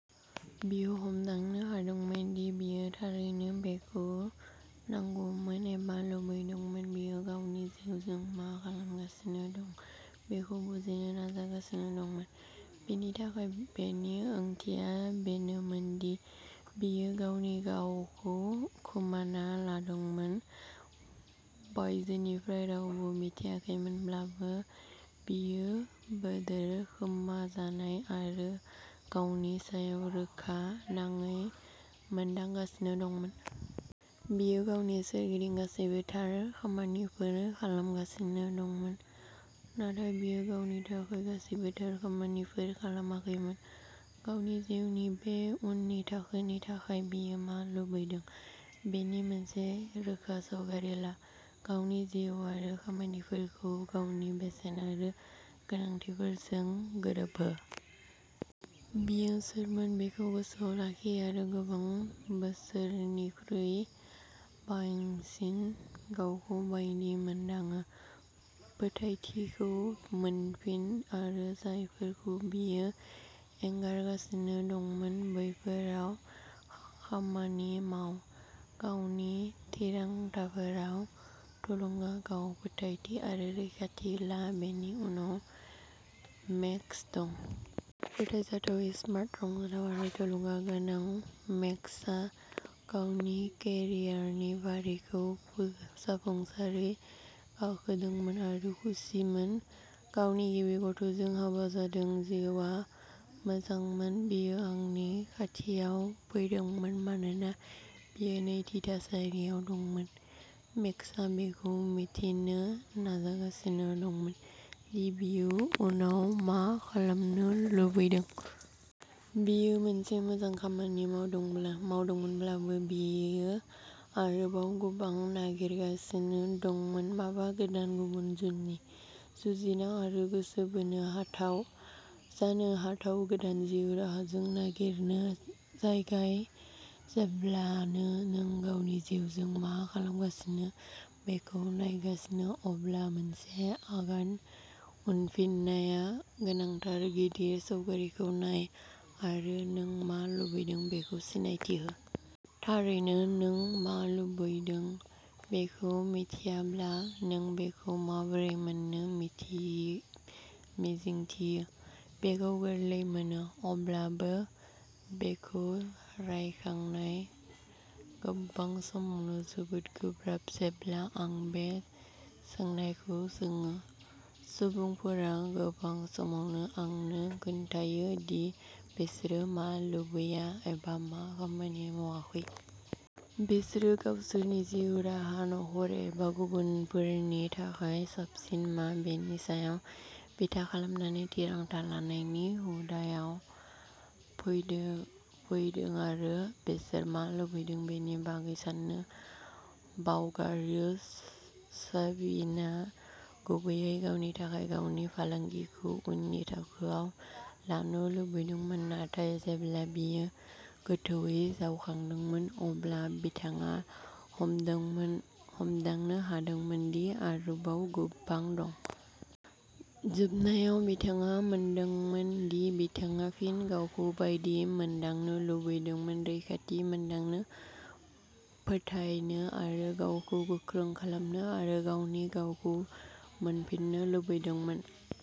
बियो हमदांनो हादोंमोन दि बियो थारैनो बेखौ नांगौमोन एबा लुबैदोंमोन। बियो गावनि जिउजों मा खालामगासिनो दं बेखौ बुजिनो नाजागासिनो दंमोन। बिनि थाखाय, बेनि ओंथिया बेनोमोन दि बियो गावनि गावखौ खोमाना लादोंमोन। बायजोनिफ्राय रावबो मिन्थियाखैमोनब्लाबो, बियो बोदोर, खोमाजानाय आरो गावनि सायाव रोखा नङि मोनदांगासिनो दंमोन। बियो गावनि सोरगिदिं गासैबो "थार" खामानिफोर खालामगासिनो दंमोन, नाथाय बियो गावनि थाखाय गासैबो थार खामानिफोर खालामाखैमोन। गावनि जिउनि बे उननि थाखोनि थाखाय बियो मा लुबैदों बेनि मोनसे रोखा सावगारि ला। गावनि जिउ आरो खामानिफोरखौ गावनि बेसेन आरो गोनांथिफोरजों गोरोबहो। बियो सोरमोन बेखौ गोसोआव लाखि आरो गोबां बोसोरफोरनिख्रुइ बांसिन गावखौ बायदि मोनदाङो। फोथायथिखौ मोनफिन आरो जायफोरखौ बियो एंगारगासिनो दंमोन बैफोराव खामानि माव। गावनि थिरांथाफोराव थुलुंगा, गाव-फोथायथि आरो रैखाथि ला। बेनि उनाव, मेक्स दं। फोथायथावै स्मार्ट, रंजाथाव आरो थुलुंगा गोनां, मेक्सआ गावनि केरियारनि फारिखौ जाफुंसारै गाखोदोंमोन आरो खुसिमोन। गावनि गिबि गथ'जों हाबा जादों। जिउआ मोजांमोन। बियो आंनि खाथियाव फैदोंमोन मानोना बियो नैथि थासारियाव दंमोन; मेक्सआ बेखौ मिन्थिनो नाजागासिनो दंमोन दि बियो उनाव मा खालामनो लुबैदों। बियो मोनसे मोजां खामानि मावदोंमोनब्लाबो, बियो आरोबाव गोबां नागिरगासिनो दंमोन-माबा गोदान, गुबुन, जुजिनां आरो गोसो बोनो हाथाव। जानो हाथाव गोदान जिउ राहाखौ नागिरनो जागाय। जेब्लानो नों गावनि जिउजों मा खालामगासिनो बेखौ नायगासिनो, अब्ला मोनसे आगान उनफिननाया गोनांथार, गिदिर सावगारिखौ नाय आरो नों मा लुबैदों बेखौ सिनायथि हो। थारैनो, नों मा लुबैदों बेखौ मिथियाब्ला, नों बेखौ माबोरै मोन्नो मिजिंथियो? बेखौ गोरलै मोनो, अब्लाबो बेखौ रायखांनाया गोबां समावनो जोबोद गोब्राब। जेब्ला आं बे सोंनायखौ सोङो, सुबुंफोरा गोबां समावनो आंनो खोन्थायो दि बिसोर मा लुबैया एबा मा खामानि मावाखै। बिसोर गावसोरनि जिउ राहा, नखर एबा गुबुनफोरनि थाखाय साबसिन मा बेनि सायाव बिथा खालामनानै थिरांथा लानायनि हुदाआव फैदोंआरो बिसोर मा लुबैदों बेनि बागै साननो बावगारो। साबिना गुबैयै गावनि थाखाय "गावनि फालांगिखौ उननि थाखोआव लांनो" लुबैदोंमोन, नाथाय जेब्ला बियो गोथौवै जावखांदोंमोन, अब्ला बिथाङा हमदांनो हादोंमोन दि आरोबाव गोबां दं। जोबनायाव बिथाङा मोनदोंमोन दि बिथाङा फिन गावखौ बायदि मोनदांनो लुबैदोंमोन; रैखाथि मोनदांनो, फोथायनो आरो गावखौ गोख्रों खालामनो, आरो गावनि गावखौ मोनफिननो लुबैदोंमोन।